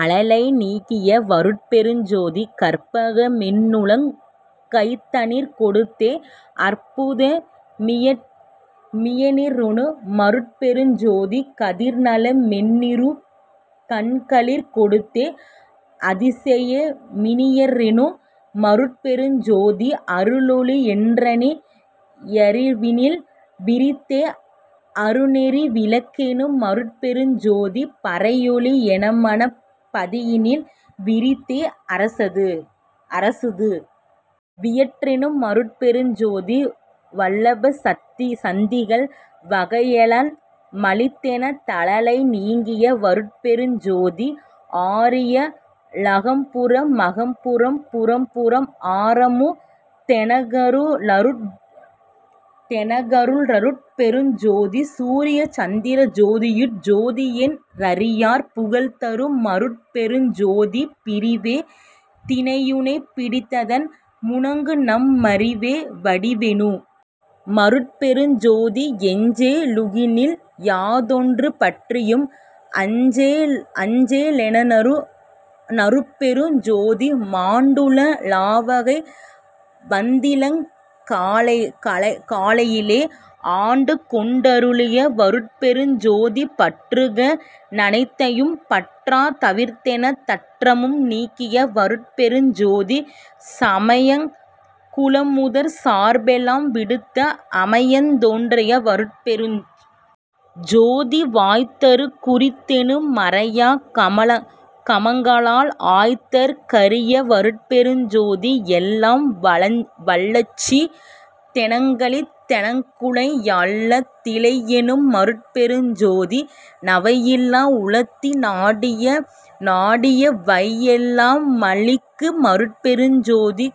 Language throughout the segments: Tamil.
அல்லலை நீக்கிய வருட்பெருஞ் ஜோதி கற்பக மென்னுளங் கைதனிற் கொடுத்தே அற்புத மியற்றெனு மருட்பெருஞ் ஜோதி கதிர்நல மென்னிரு கண்களிற் கொடுத்தே அதிசய மியற்றெனு மருட்பெருஞ் ஜோதி அருளொளி யென்றனி யறிவினில் விரித்தே அருணெறி விளக்கெனு மருட்பெருஞ் ஜோதி பரையொளி யென்மனப் பதியினில் விரித்தே அரசது வியற்றெனு மருட்பெருஞ் ஜோதி வல்லப சத்திகள் வகையெலா மளித்தென தல்லலை நீக்கிய வருட்பெருஞ் ஜோதி ஆரிய லகம்புற மகப்புறம் புறப்புறம் ஆரமு தெனக்கரு ளருட்பெருஞ் ஜோதி சூரிய சந்திர ஜோதியுட் ஜோதியென் றாரியர் புகழ்தரு மருட்பெருஞ் ஜோதி பிறிவே தினியுனைப் பிடித்தன முனக்குநம் மறிவே வடிவெனு மருட்பெருஞ் ஜோதி எஞ்சே லுகினில் யாதொன்று பற்றியும் அஞ்சே லென்றரு ளருட்பெருஞ் ஜோதி மாண்டுழ லாவகை வந்திளங் காலையே ஆண்டுகொண் டருளிய வருட்பெருஞ் ஜோதி பற்றுக ளனைத்தையும் பற்றறத் தவிர்த்தென தற்றமு நீக்கிய வருட்பெருஞ் ஜோதி சமயங் குலமுதற் சார்பெலாம் விடுத்த அமயந் தோன்றிய வருட்பெருஞ் ஜோதி வாய்தற் குரித்தெனு மறையா கமங்களால் ஆய்தற் கரிய வருட்பெருஞ் ஜோதி எல்லாம் வல்லசித் தெனக்களித் தெனக்குனை யல்லா திலையெனும் மருட்பெருஞ் ஜோதி நவையிலா வுளத்தி னாடிய நாடிய வவையெலா மளிக்கு மருட்பெருஞ் ஜோதி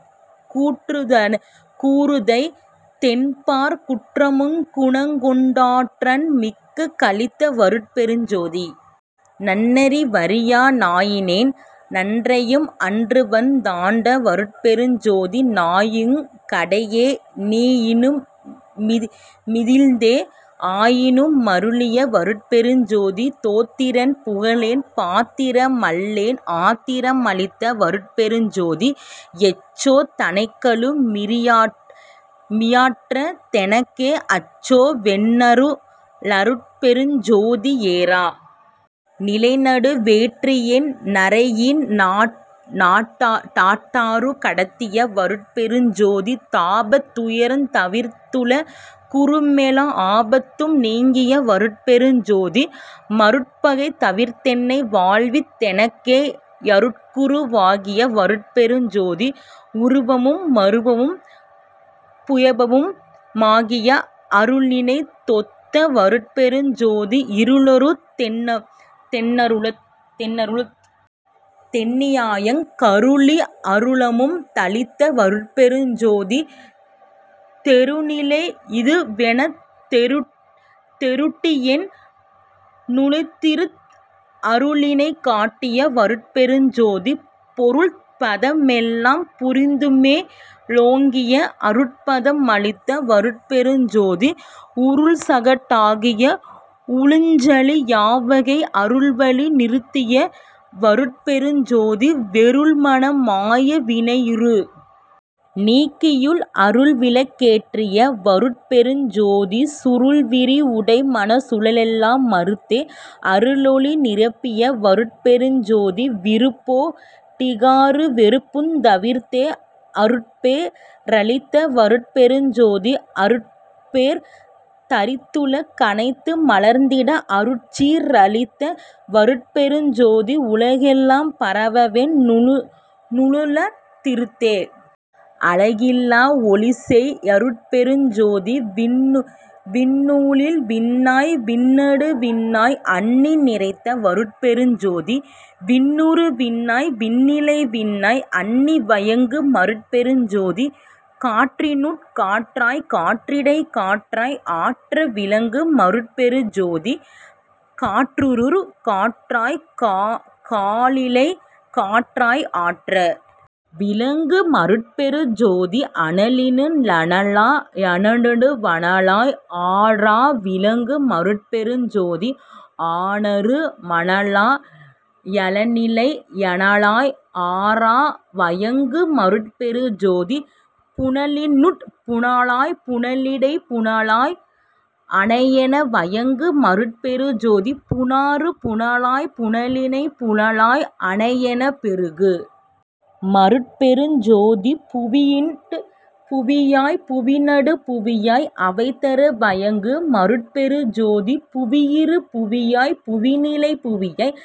கூற்றுதைத் தென்பாற் குற்றமுங் குணங்கொண் டாற்றன்மிக் களித்த வருட்பெருஞ் ஜோதி நன்றறி வறியா நாயினேன் றனையும் அன்றுவந் தாண்ட வருட்பெருஞ் ஜோதி நாயினுங் கடையே னீயினு மிழிந்தேன் ஆயினு மருளிய வருட்பெருஞ் ஜோதி தோத்திரம் புகலேன் பாத்திர மல்லேன் ஆத்திர மளித்த வருட்பெருஞ் ஜோதி எச்சோ தனைகளு மியற்றா தெனக்கே அச்சோ வென்றரு ளருட்பெருஞ் ஜோதி ஏறா நிலைநடு வேற்றியென் றனையீண் டாறாறு கடத்திய வருட்பெருஞ் ஜோதி தாபத் துயரந் தவிர்த்துல குறுமெலா ஆபத்தும் நீக்கிய வருட்பெருஞ் ஜோதி மருட்பகை தவிர்த்தெனை வாழ்வித் தெனக்கே யருட்குரு வாகிய வருட்பெருஞ் ஜோதி உருவமு மருவமு முபயமு மாகிய அருணிலை தொத்த வருட்பெருஞ் ஜோதி இருளறுத் தென்னுளத் தெண்ணியாங் கருளி அருளமு தளித்த வருட்பெருஞ் ஜோதி தெருணிலை யிதுவெனத் தெருட்டியென் னுளத்திருந் அருணிலை காட்டிய வருட்பெருஞ் ஜோதி பொருட்பத மெல்லாம் புரிந்துமே லோங்கிய அருட்பத மளித்த வருட்பெருஞ் ஜோதி உருள்சக டாகிய வுளஞ்சலி யாவகை அருள்வழி நிறுத்திய வருட்பெருஞ் ஜோதி வெருள்மன மாயை வினையிரு ணீக்கியுள் அருள்விளக் கேற்றிய வருட்பெருஞ் ஜோதி சுருள்விரி வுடைமனச் சுழலெலா மறுத்தே அருளொளி நிரப்பிய வருட்பெருஞ் ஜோதி விருப்போ டிகாறு வெறுப்புந் தவிர்த்தே அருட்பே றளித்த வருட்பெருஞ் ஜோதி அருட்பேர் தரித்துல கனைத்து மலர்ந்திட அருட்சீ ரளித்த வருட்பெருஞ் ஜோதி உலகெலாம் பரவவென் னுள்ளத் திருந்தே அலகிலா வொளிசெய் யருட்பெருஞ் ஜோதி விண்ணினுள் விண்ணாய் விண்ணடு விண்ணாய் அண்ணி நிறைந்த வருட்பெருஞ் ஜோதி விண்ணுறு விண்ணாய் விண்ணிலை விண்ணாய் அண்ணி வயங்கு மருட்பெருஞ் ஜோதி காற்றினுட் காற்றாய்க் காற்றிடைக் காற்றாய் ஆற்ற விளங்கு மருட்பெருஞ் ஜோதி காற்றுறு காற்றாய்க் கானிலைக் காற்றாய் ஆற்ற விளங்கு மருட்பெருஞ் ஜோதி அனலினு ளனலா யனனடு வனலாய் அனாற விளங்கு மருட்பெருஞ் ஜோதி அனாறு மனலா யனனிலை யனலாய் அனாற வயங்கு மருட்பெருஞ் ஜோதி புனலினுட் புனலாய்ப் புனலிடைப் புனலாய் அனையென வயங்கு மருட்பெருஞ் ஜோதி புனாறு புனலாய்ப் புனனிலைப் புனலாய் அனையெனப் பெருகு மருட்பெருஞ் ஜோதி புவியினுட் புவியாய்ப் புவிநடுப் புவியாய் அவைதர வயங்கு மருட்பெருஞ் ஜோதி புவியுறு புவியாய்ப் புவிநிலைப் புவியாய்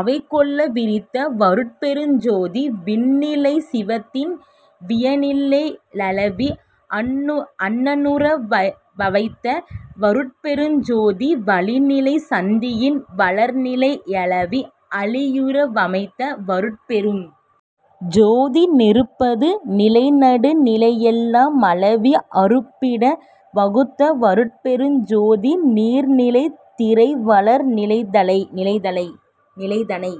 அவைகொள விரிந்த வருட்பெருஞ் ஜோதி விண்ணிலை சிவத்தின் வியனிலை யளவி அண்ணுற வமைத்த வருட்பெருஞ் ஜோதி வளிநிலை சத்தியின் வளர்நிலை யளவி அளியுற வமைத்த வருட்பெருஞ் ஜோதி நெருப்பது நிலைநடு நிலையெலா மளவி அருப்பிட வகுத்த வருட்பெருஞ் ஜோதி நீர்நிலை திரைவளர் நிலைதனை